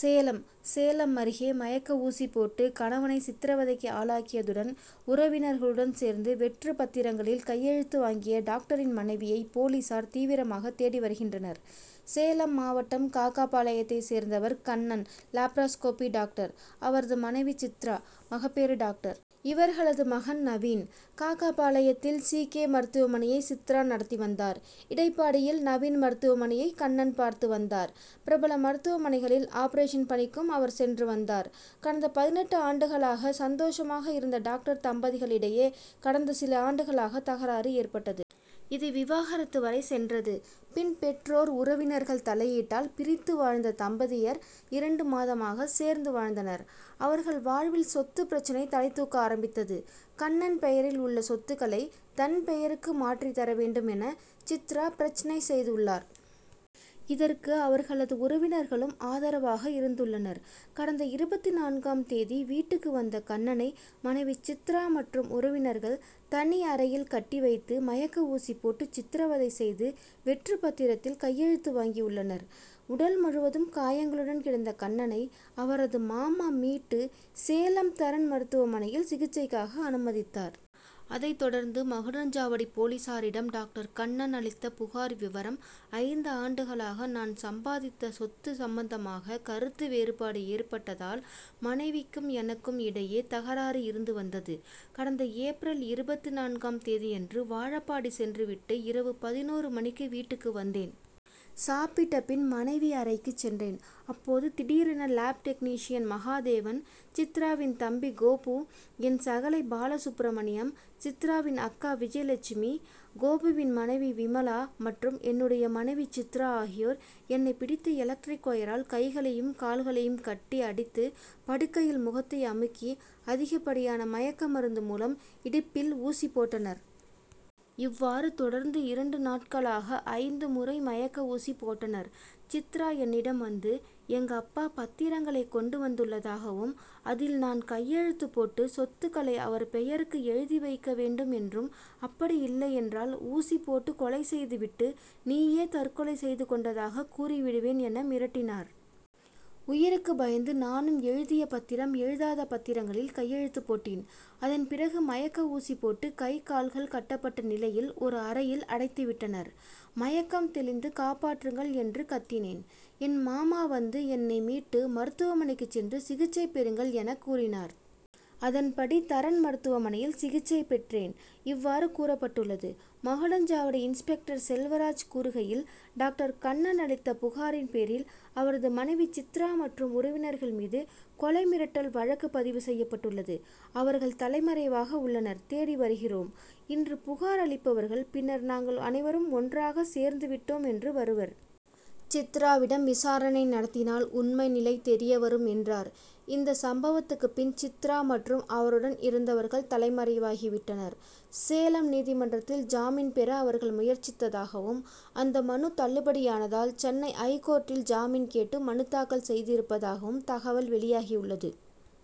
சேலம் சேலம் அருகே மயக்க ஊசி போட்டு கணவனை சித்ரவதைக்கு ஆளாக்கியதுடன் உறவினர்களுடன் சேர்ந்து வெற்றுப் பத்திரங்களில் கையெழுத்து வாங்கிய டாக்டரின் மனைவியை போலீசார் தீவிரமாக தேடி வருகின்றனர். சேலம் மாவட்டம் காகாபாளையத்தைச் சேர்ந்தவர் கண்ணன் லேப்ராஸ்கோபி டாக்டர். அவரது மனைவி சித்ரா மகப்பேறு டாக்டர். இவர்களது மகன் நவீன். காகாபாளையத்தில் சி. கே. மருத்துவமனையை சித்ரா நடத்தி வந்தார். இடைப்பாடியில் நவீன் மருத்துவமனையை கண்ணன் பார்த்து வந்தார். பிரபல மருத்துவமனைகளில் ஆபரேஷன் பணிக்கும் அவர் சென்று வந்தார். கடந்த பதினெட்டு ஆண்டுகளாக சந்தோஷமாக இருந்த டாக்டர் தம்பதிகளிடையே கடந்த சில ஆண்டுகளாக தகராறு ஏற்பட்டது. இது விவாகரத்து வரை சென்றது. பின் பெற்றோர் உறவினர்கள் தலையீட்டால் பிரித்து வாழ்ந்த தம்பதியர் இரண்டு மாதமாக சேர்ந்து வாழ்ந்தனர். அவர்கள் வாழ்வில் சொத்துப் பிரச்னை தலைதூக்க ஆரம்பித்தது. கண்ணன் பெயரில் உள்ள சொத்துக்களை தன் பெயருக்கு மாற்றித் தர வேண்டும் என சித்ரா பிரச்னை செய்துள்ளார். இதற்கு அவர்களது உறவினர்களும் ஆதரவாக இருந்துள்ளனர். கடந்த இருபத்துநான்காம் தேதி வீட்டுக்கு வந்த கண்ணனை மனைவி சித்ரா மற்றும் உறவினர்கள் தனி அறையில் கட்டி வைத்து மயக்க ஊசி போட்டு சித்ரவதை செய்து வெற்றுப் பத்திரத்தில் கையெழுத்து வாங்கி உள்ளனர். உடல் முழுவதும் காயங்களுடன் கிடந்த கண்ணனை அவரது மாமா மீட்டு சேலம் தரண் மருத்துவமனையில் சிகிச்சைக்காக அனுமதித்தார். அதைத் தொடர்ந்து மகுடஞ்சாவடி போலீசாரிடம் டாக்டர் கண்ணன் அளித்த புகார் விவரம் ஐந்து ஆண்டுகளாக நான் சம்பாதித்த சொத்து சம்பந்தமாக கருத்து வேறுபாடு ஏற்பட்டதால் மனைவிக்கும் எனக்கும் இடையே தகராறு இருந்து வந்தது. கடந்த ஏப்ரல் இருபத்துநான்காம் தேதியன்று வாழப்பாடி சென்று விட்டு இரவு பதினொரு மணிக்கு வீட்டுக்கு வந்தேன். சாப்பிட்ட பின் மனைவி அறைக்கு சென்றேன். அப்போது திடீரென லேப் டெக்னீஷியன் மகாதேவன் சித்ராவின் தம்பி கோபு என் சகலை பாலசுப்பிரமணியம் சித்ராவின் அக்கா விஜயலட்சுமி கோபுவின் மனைவி விமலா மற்றும் என்னுடைய மனைவி சித்ரா ஆகியோர் என்னை பிடித்து எலக்ட்ரிக் ஒயரால் கைகளையும் கால்களையும் கட்டி அடித்து படுக்கையில் முகத்தை அமுக்கி அதிகப்படியான மயக்க மருந்து மூலம் இடுப்பில் ஊசி போட்டனர். இவ்வாறு தொடர்ந்து இரண்டு நாட்களாக ஐந்து முறை மயக்க ஊசி போட்டனர். சித்ரா என்னிடம் வந்து எங்கப்பா பத்திரங்களை கொண்டு வந்துள்ளதாகவும் அதில் நான் கையெழுத்து போட்டு சொத்துக்களை அவர் பெயருக்கு எழுதி வைக்க வேண்டும் என்றும் அப்படி இல்லையென்றால் ஊசி போட்டு கொலை செய்து விட்டு நீயே தற்கொலை செய்து கொண்டதாக கூறி விடுவேன் என மிரட்டினார். உயிருக்கு பயந்து நானும் எழுதிய பத்திரம் எழுதாத பத்திரங்களில் கையெழுத்து போட்டேன். அதன் பிறகு மயக்க ஊசி போட்டு கை கால்கள் கட்டப்பட்ட நிலையில் ஒரு அறையில் அடைத்து விட்டனர். மயக்கம் தெளிந்து காப்பாற்றுங்கள் என்று கத்தினேன். என் மாமா வந்து என்னை மீட்டு மருத்துவமனைக்கு சென்று சிகிச்சை பெறுங்கள் என கூறினார். அதன்படி தரண் மருத்துவமனையில் சிகிச்சை பெற்றேன். இவ்வாறு கூறப்பட்டுள்ளது. மகுடஞ்சாவடி இன்ஸ்பெக்டர் செல்வராஜ் கூறுகையில் டாக்டர் கண்ணன் அளித்த புகாரின் பேரில் அவரது மனைவி சித்ரா மற்றும் உறவினர்கள் மீது கொலை மிரட்டல் வழக்கு பதிவு செய்யப்பட்டுள்ளது. அவர்கள் தலைமறைவாக உள்ளனர் தேடி வருகிறோம். இன்று புகார் அளிப்பவர்கள் பின்னர் நாங்கள் அனைவரும் ஒன்றாக சேர்ந்து விட்டோம் என்று வருவர். சித்ராவிடம் விசாரணை நடத்தினால் உண்மை நிலை தெரியவரும் என்றார். இந்த சம்பவத்துக்கு பின் சித்ரா மற்றும் அவருடன் இருந்தவர்கள் தலைமறைவாகி விட்டனர். சேலம் நீதிமன்றத்தில் ஜாமீன் பெற அவர்கள் முயற்சித்ததாகவும் அந்த மனு தள்ளுபடியானதால் சென்னை ஐகோர்ட்டில் ஜாமீன் கேட்டு மனு தாக்கல் செய்திருப்பதாகவும் தகவல் வெளியாகியுள்ளது.